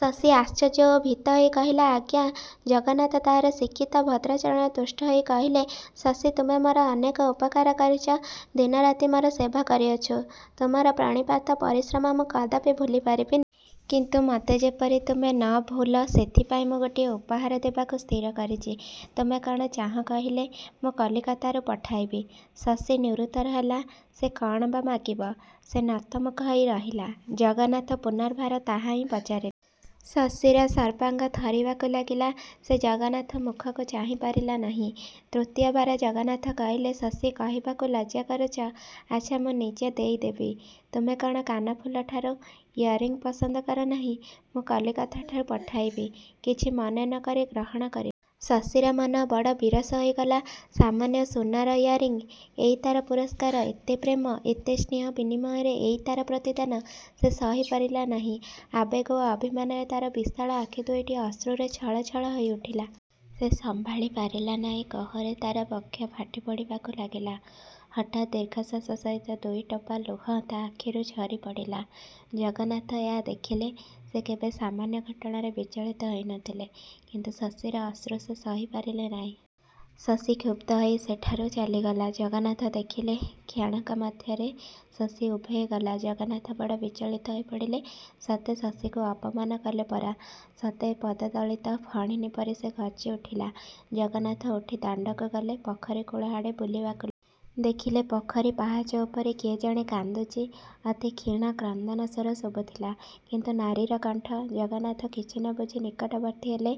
ଶଶୀ ଆଶ୍ଟର୍ଯ୍ୟ ଓ ଭୀତ ହୋଇ କହିଲା "ଆଜ୍ଞା। " ଜଗନ୍ନାଥ ତାହାର ଶିକ୍ଷିତ, ଭଦ୍ରାଚରଣରେ ତୁଷ୍ଟ ହୋଇ କହିଲେ, "ଶଶୀ, ତୁମେ ମୋର ଅନେକ ଉପକାର କରିଛ, ଦିନରାତି ମୋର ସେବା କରିଅଛୁ। ତୁମର ପ୍ରାଣପାତ ପରିଶ୍ରମ ମୁଁ କଦାପି ଭୂଲି ପାରିବି ନାଇଁ। କିନ୍ତୁ ମୋତେ ଯେପରି ତୁମେ ନ ଭୂଲ, ସେଥିପାଇଁ ମୁଁ ଗୋଟିଏ ଉପହାର ଦେବାକୁ ସ୍ଥିର କରିଛି। ତୁମେ କ'ଣ ଚାହିଁ କହିଲେ, ମୁଁ କଲିକତାରୁ ପଠାଇବି। " ଶଶୀ ନିରୁତ୍ତର ହେଲା। ସେ କ'ଣ ବା ମାଗିବ? ସେ ନତମୁଖୀ ହେଇ ରହିଲା। ଜଗନ୍ନାଥ ପୁନର୍ବାର ତାହାହିଁ ପଚାରିଲେ। ଶଶୀର ସର୍ବାଙ୍ଗ ଥରିବାକୁ ଲାଗିଲା। ସେ ଜଗନ୍ନାଥଙ୍କ ମୁଖକୁ ଚାହିଁ ପାରିଲା ନାଇଁ। ତୃତୀୟବାର ଜଗନ୍ନାଥ କହିଲେ "ଶଶୀ, କହିବାକୁ ଲଜ୍ଜା କରୁଛ? ଆଛା, ମୁଁ ନିଜେ ଦେଇ ଦେବି। ତୁମେ କ'ଣ କାନଫୁଲ ଠାରୁ ୟାରିଂ ପସନ୍ଦ କର ନାହିଁ? ମୁଁ କଲିକତାରୁ ପଠାଇବି, କିଛି ମନେ ନ କରି ଗ୍ରହଣ କରିବ। " ଶଶୀର ମନ ବଡ଼ ବିରସ ହୋଇଗଲା, ସାମାନ୍ୟ ସୁନାର ୟାରିଂ? ଏଇ ତାର ପୁରସ୍କାର? ଏତେ ପ୍ରେମ, ଏତେ ସ୍ନେହ ବିନିମୟରେ ଏଇ ତାର ପ୍ରତିଦାନ! ସେ ସହି ପାରିଲା ନାଇଁ। ଆବେଗ ଓ ଅଭିମାନରେ ତାର ବିଶାଳ ଆଖିଦୁଇଟି ଅଶ୍ରୁରେ ଛଳଛଳ ହୋଇଉଠିଲା। ସେ ସମ୍ଭାଳି ପାରିଲା ନାଇଁ। କୋହରେ ତାର ବକ୍ଷ ଫାଟି ପଡ଼ିବାକୁ ଲାଗିଲା। ହଠାତ୍ ଦୀର୍ଘଶ୍ୱାସ ସହିତ ଦୁଇ ଟୋପାଲୁହ ତା'ଆଖିରୁ ଝରି ପଡ଼ିଲା। ଜଗନ୍ନାଥ ଏହା ଦେଖିଲେ। ସେ କେବେ ସାମାନ୍ୟ ଘଟଣାରେ ବିଚଳିତ ହୋଇ ନ ଥିଲେ; କିନ୍ତୁ ଶଶୀର ଅଶ୍ରୁ ସେ ସହିପାରିଲେ ନାଇଁ। ଶଶୀ କ୍ଷୁବ୍ଧ ହୋଇ ସେଠାରୁ ଚାଲିଗଲା। ଜଗନ୍ନାଥ ଦେଖିଲେ କ୍ଷଣକ ମଧ୍ୟରେ ଶଶୀ ଉଭେଇ ଗଲା। ଜଗନ୍ନାଥ ବଡ଼ ବିଚଳିତ ହୋଇପଡ଼ିଲେ। ସତେ ଶଶୀକୁ ଅପମାନ କଲେ ପରା! ସତେ ପଦଦଳିତ ଫଣିନୀ ପରି ସେ ଗର୍ଜ୍ଜି ଉଠିଲା। ଜଗନ୍ନାଥ ଉଠି ଦାଣ୍ଡକୁ ଗଲେ। ପୋଖରୀ କୂଳ ଆଡ଼େ ବୁଲିବାକୁ ଗଲେ। ଦେଖିଲେ ପୋଖରୀ ପାହାଚ ଉପରେ କିଏ ଜଣେ କାନ୍ଦୁଛି। ଅତି କ୍ଷୀଣ କ୍ରନ୍ଦନସ୍ୱର ଶୁଭୁଥିଲା; କିନ୍ତୁ ନାରୀର କଣ୍ଠ! ଜଗନ୍ନାଥ କିଛି ନ ବୁଝି ନିକଟବର୍ତ୍ତୀ ହେଲେ।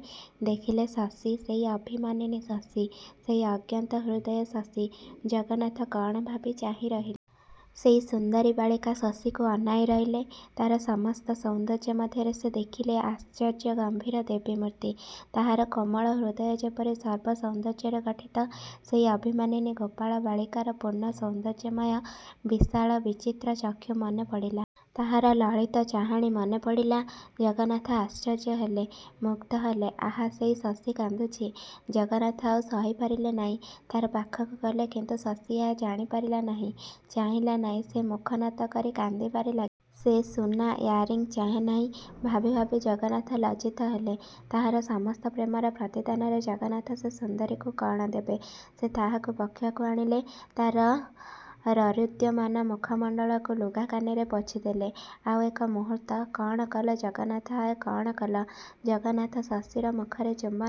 ଦେଖିଲେ ଶଶୀ, ସେଇ ଅଭିମାନିନୀ ଶଶୀ, ସେଇ ଅଜ୍ଞାତହୃଦୟା ଶଶୀ! ଜଗନ୍ନାଥ କ'ଣ ଭାବି ଚାହିଁ ରହିଲେ। ସେହି ସୁନ୍ଦରୀ ବାଳିକା ଶଶୀକୁ ଅନାଇଁ ରହିଲେ। ତାହାର ସସସ୍ତ ସୌନ୍ଦର୍ଯ୍ୟ ମଧ୍ୟରେ ସେ ଦେଖିଲେ ଆଶ୍ଚର୍ଯ୍ୟ ଗମ୍ଭୀର ଦେବୀ ମୂର୍ତ୍ତି। ତାହାର କୋମଳ ହୃଦୟ ଯେପରି ସର୍ବ ସୌନ୍ଦର୍ଯ୍ୟରେ ଗଠିତ। ସେହି ଅଭିମାନନୀ ଗୋପାଳ ବାଳିକାର ପୂର୍ଣ୍ଣ ସୌନ୍ଦର୍ଯ୍ୟମୟ, ବିଶାଳ, ବିଚିତ୍ର ଚକ୍ଷୁ ମନେ ପଡ଼ିଲା। ତାହାର ଲଲିତ ଚାହାଣି ମନେ ପଡ଼ିଲା। ଜଗନ୍ନାଥ ଆଶ୍ଚର୍ଯ୍ୟ ହେଲେ, ମୁଗ୍ଧ ହେଲେ। ଆହା, ସେହି ଶଶୀ କାନ୍ଦୁଛି। ଜଗନ୍ନାଥ ଆଉ ସହିପାରିଲେ ନାଇଁ। ତାର ପାଖକୁ ଗଲେ; କିନ୍ତୁ ଶଶୀ ଏହା ଜାଣି ପାରିଲା ନାହିଁ, ଚାହିଁଲା ନାଇଁ, ସେ ମୁଖନତକରି କାନ୍ଦିବାରେ ଲାଗିଥାଏ। ସେ ସୁନା ୟାରିଂ ଚାହେଁ ନାଇଁ। ଭାବି ଭାବି ଜଗନ୍ନାଥ ଲଜ୍ଜିତ ହେଲେ। ତାହାର ସସସ୍ତ ପ୍ରେମର ପ୍ରତିଦାନରେ ଜଗନ୍ନାଥ ସେ ସୁନ୍ଦରୀକୁ କ'ଣ ଦେବେ? ସେ ତାହାକୁ ବକ୍ଷକୁ ଆଣିଲେ। ତାର ରୋରୁଦ୍ୟମାନ ମୁଖମଣ୍ଡଳକୁ ଲୁଗାକାନିରେ ପୋଛି ଦେଲେ। ଆଉ ଏକ ମୂହୂର୍ତ୍ତ, କ'ଣ କଲ ଜଗନ୍ନାଥ, ହାୟ କ'ଣ କଲ? ଜଗନ୍ନାଥ ଶଶୀର ମୁଖରେ ଚୁମ୍ୱନକଲେ।